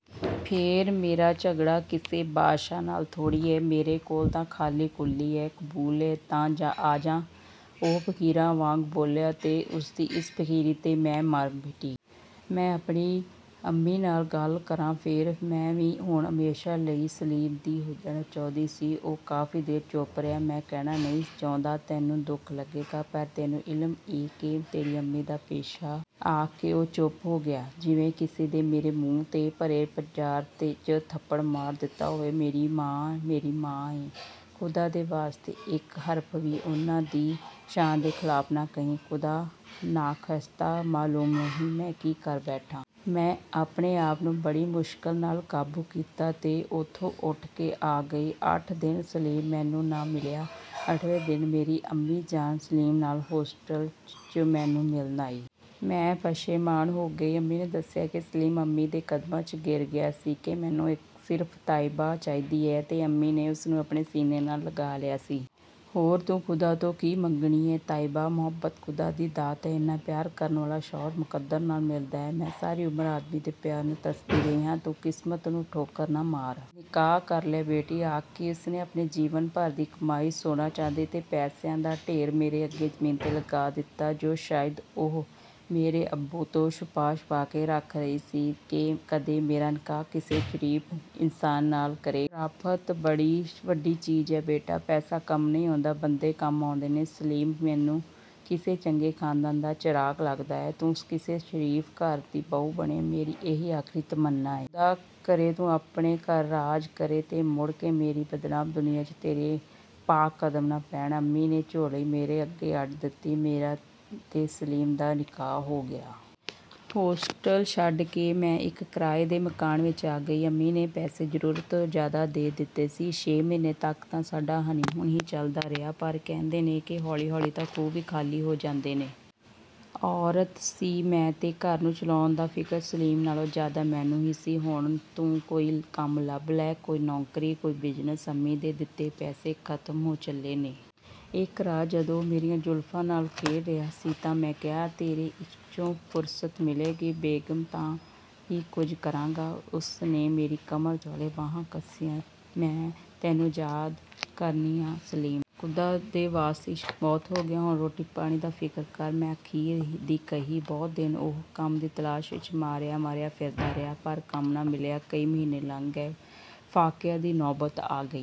ਫੇਰ ਮੇਰਾ ਝਗੜਾ ਕਿਸੇ ਬਾਦਸ਼ਾਹ ਨਾਲ ਥੋੜ੍ਹੀ ਏ। ਮੇਰੇ ਕੋਲ ਤਾਂ ਖਾਲੀ ਕੁੱਲੀ ਏ, ਕਬੂਲ ਏ ਤਾਂ ਆ ਜਾ…। " ਉਹ ਫ਼ਕੀਰਾਂ ਵਾਂਗ ਬੋਲਿਆ ਤੇ ਉਸ ਦੀ ਇਸ ਫਕੀਰੀ 'ਤੇ ਮੈਂ ਮਰ ਮਿਟੀ। "ਮੈਂ ਆਪਣੀ ਅੰਮੀ ਨਾਲ ਗੱਲ ਕਰਾਂ ਫੇਰ? " ਮੈਂ ਵੀ ਹੁਣ ਹਮੇਸ਼ਾ ਲਈ ਸਲੀਮ ਦੀ ਹੋ ਜਾਣਾ ਚਾਹੁੰਦੀ ਸੀ। ਉਹ ਕਾਫੀ ਦੇਰ ਚੁੱਪ ਰਿਹਾ। ਮੈਂ ਕਹਿਣਾ ਨਹੀਂ ਚਾਹੁੰਦਾ, ਤੈਨੂੰ ਦੁੱਖ ਲੱਗੇਗਾ। ਪਰ ਤੈਨੂੰ ਇਲਮ ਏ ਕਿ ਤੇਰੀ ਅੰਮੀ ਦਾ ਪੇਸ਼ਾ…! " ਆਖ ਕੇ ਉਹ ਚੁੱਪ ਹੋ ਗਿਆ। ਜਿਵੇਂ ਕਿਸੇ ਨੇ ਮੇਰੇ ਮੂੰਹ 'ਤੇ ਭਰੇ ਬਾਜ਼ਾਰ 'ਚ ਥੱਪੜ ਮਾਰ ਦਿੱਤਾ ਹੋਵੇ। ਮੇਰੀ ਮਾਂ ਮੇਰੀ ਮਾਂ ਏ। ਖ਼ੁਦਾ ਦੇ ਵਾਸਤੇ ਇੱਕ ਹਰਫ ਵੀ ਉਨ੍ਹਾਂ ਦੀ ਸ਼ਾਨ ਦੇ ਖਿਲਾਫ ਨਾ ਕਹੀਂ… ਖੁਦਾ ਨਾਖਾਸਤਾ ਮਾਲੂਮ ਨਹੀਂ ਮੈਂ ਕੀ ਕਰ ਬੈਠਾਂ। " ਮੈਂ ਆਪਣੇ ਆਪ ਨੂੰ ਬੜੀ ਮੁਸ਼ਕਿਲ ਨਾਲ ਕਾਬੂ ਕੀਤਾ ਤੇ ਉਥੋਂ ਉਠ ਕੇ ਆ ਗਈ। ਅੱਠ ਦਿਨ ਸਲੀਮ ਮੈਨੂੰ ਨਾ ਮਿਲਿਆ। ਅੱਠਵੇਂ ਦਿਨ ਮੇਰੀ ਅੰਮੀ ਜਾਨ ਸਲੀਮ ਨਾਲ ਹੋਸਟਲ 'ਚ ਮੈਨੂੰ ਮਿਲਣ ਆਈ। ਮੈਂ ਪਸ਼ੇਮਾਨ ਹੋ ਗਈ। ਅੰਮੀ ਨੇ ਦੱਸਿਆ ਕਿ ਸਲੀਮ ਅੰਮੀ ਦੇ ਕਦਮਾਂ 'ਚ ਗਿਰ ਗਿਆ ਸੀ ਕਿ ਮੈਨੂੰ ਸਿਰਫ ਤਈਅਬਾ ਚਾਹੀਦੀ ਏ। ਤੇ ਅੰਮੀ ਨੇ ਉਸ ਨੂੰ ਆਪਣੇ ਸੀਨੇ ਨਾਲ ਲਗਾ ਲਿਆ ਸੀ। "ਹੋਰ ਤੂੰ ਖ਼ੁਦਾ ਤੋਂ ਕੀ ਮੰਗਣੀ ਏਂ ਤਈਅਬਾ, ਮੁਹੱਬਤ ਖ਼ੁਦਾ ਦੀ ਦਾਤ ਏ। ਇੰਨਾ ਪਿਆਰ ਕਰਨ ਵਾਲਾ ਸ਼ੋਹਰ ਮੁਕੱਦਰ ਨਾਲ ਮਿਲਦਾ ਏ। ਮੈਂ ਸਾਰੀ ਉਮਰ ਆਦਮੀ ਦੇ ਪਿਆਰ ਨੂੰ ਤਰਸਦੀ ਰਹੀ ਆਂ। ਤੂੰ ਕਿਸਮਤ ਨੂੰ ਠੋਕਰ ਨਾ ਮਾਰ। ਨਿਕਾਹ ਕਰ ਲੈ ਬੇਟੀ। " ਆਖ ਕੇ ਉਸ ਨੇ ਆਪਣੇ ਜੀਵਨ ਭਰ ਦੀ ਕਮਾਈ ਸੋਨਾ ਚਾਂਦੀ ਤੇ ਪੈਸਿਆਂ ਦਾ ਢੇਰ ਮੇਰੇ ਅੱਗੇ ਜ਼ਮੀਨ 'ਤੇ ਲਗਾ ਦਿੱਤਾ ਜੋ ਸ਼ਾਇਦ ਉਹ ਮੇਰੇ ਅੱਬੂ ਤੋਂ ਛੁਪਾ ਛੁਪਾ ਕੇ ਰੱਖ ਰਹੀ ਸੀ ਕਿ ਕਦੇ ਮੇਰਾ ਨਿਕਾਹ ਕਿਸੇ ਸ਼ਰੀਫ ਇਨਸਾਨ ਨਾਲ ਕਰੇਗੀ। "ਸ਼ਰਾਫ਼ਤ ਬੜੀ ਵੱਡੀ ਚੀਜ਼ ਏ ਬੇਟਾ….। ਪੈਸਾ ਕੰਮ ਨਹੀਂ ਆਉਂਦਾ, ਬੰਦੇ ਕੰਮ ਆਉਂਦੇ ਨੇ, ਤੇ ਸਲੀਮ ਮੈਨੂੰ ਕਿਸੇ ਚੰਗੇ ਖਾਨਦਾਨ ਦਾ ਚਿਰਾਗ ਲੱਗਦਾ ਏ। ਤੂੰ ਕਿਸੇ ਸ਼ਰੀਫ ਘਰ ਦੀ ਬਹੂ ਬਣੇਂ, ਮੇਰੀ ਇਹੀ ਆਖਰੀ ਤਮੰਨਾ ਏ…। ਖ਼ੁਦਾ ਕਰੇ ਤੂੰ ਆਪਣੇ ਘਰ ਰਾਜ ਕਰੇਂ ਤੇ ਮੁੜ ਕੇ ਮੇਰੀ ਬਦਨਾਮ ਦੁਨੀਆਂ 'ਚ ਤੇਰੇ ਪਾਕ ਕਦਮ ਨਾ ਪੈਣ। " ਅੰਮੀ ਨੇ ਝੋਲੀ ਮੇਰੇ ਅੱਗੇ ਅੱਡ ਦਿੱਤੀ। ਮੇਰਾ ਤੇ ਸਲੀਮ ਦਾ ਨਿਕਾਹ ਹੋ ਗਿਆ। ਹੋਸਟਲ ਛੱਡ ਕੇ ਮੈਂ ਇੱਕ ਕਿਰਾਏ ਦੇ ਮਕਾਨ ਵਿਚ ਆ ਗਈ। ਅੰਮੀ ਨੇ ਪੈਸੇ ਜ਼ਰੂਰਤ ਤੋਂ ਜ਼ਿਆਦਾ ਦੇ ਦਿੱਤੇ ਸੀ। ਛੇ ਮਹੀਨੇ ਤੱਕ ਤਾਂ ਸਾਡਾ ਹਨੀਮੂਨ ਹੀ ਚੱਲਦਾ ਰਿਹਾ। ਪਰ ਕਹਿੰਦੇ ਨੇ ਕਿ ਹੌਲੀ ਹੌਲੀ ਤਾਂ ਖੂਹ ਵੀ ਖਾਲੀ ਹੋ ਜਾਂਦੇ ਨੇ। ਔਰਤ ਸੀ ਮੈਂ ਤੇ ਘਰ ਨੂੰ ਚਲਾਉਣ ਦਾ ਫਿਕਰ ਸਲੀਮ ਨਾਲੋਂ ਜ਼ਿਆਦਾ ਮੈਨੂੰ ਹੀ ਸੀ। ਹੁਣ ਤੂੰ ਕੋਈ ਕੰਮ ਲੱਭ ਲੈ। ਕੋਈ ਨੌਕਰੀ…। ਕੋਈ ਬਿਜ਼ਨਸ਼..। ਅੰਮੀ ਦੇ ਦਿੱਤੇ ਪੈਸੇ ਖ਼ਤਮ ਹੋ ਚੱਲੇ ਨੇ। " ਇੱਕ ਰਾਤ ਜਦੋਂ ਉਹ ਮੇਰੀਆਂ ਜ਼ੁਲਫ਼ਾਂ ਨਾਲ ਖੇਲ ਰਿਹਾ ਸੀ ਤਾਂ ਮੈਂ ਕਿਹਾ। "ਤੇਰੇ ਇਸ਼ਕ 'ਚੋਂ ਫੁਰਸਤ ਮਿਲੇਗੀ ਬੇਗ਼ਮ ਤਾਂ ਹੀ ਕੁਝ ਕਰਾਂਗਾ। " ਉਸ ਨੇ ਮੇਰੀ ਕਮਰ ਦੁਆਲੇ ਬਾਹਾਂ ਕੱਸੀਆਂ। "ਮੈਂ ਤੈਨੂੰ ਆਜ਼ਾਦ ਕਰਨੀ ਆਂ ਸਲੀਮ। ਖ਼ੁਦਾ ਦੇ ਵਾਸਤੇ ਇਸ਼ਕ ਬਹੁਤ ਹੋ ਗਿਆ। ਹੁਣ ਰੋਟੀ ਪਾਣੀ ਦਾ ਫਿਕਰ ਕਰ। " ਮੈਂ ਅਖੀਰ ਦੀ ਕਹੀ। ਬਹੁਤ ਦਿਨ ਉਹ ਕੰਮ ਦੀ ਤਲਾਸ਼ ਵਿਚ ਮਾਰਿਆ ਮਾਰਿਆ ਫਿਰਦਾ ਰਿਹਾ, ਪਰ ਕੰਮ ਨਾ ਮਿਲਿਆ। ਕਈ ਮਹੀਨੇ ਲੰਘ ਗਏ। ਫਾਕਿਆਂ ਦੀ ਨੌਬਤ ਆ ਗਈ।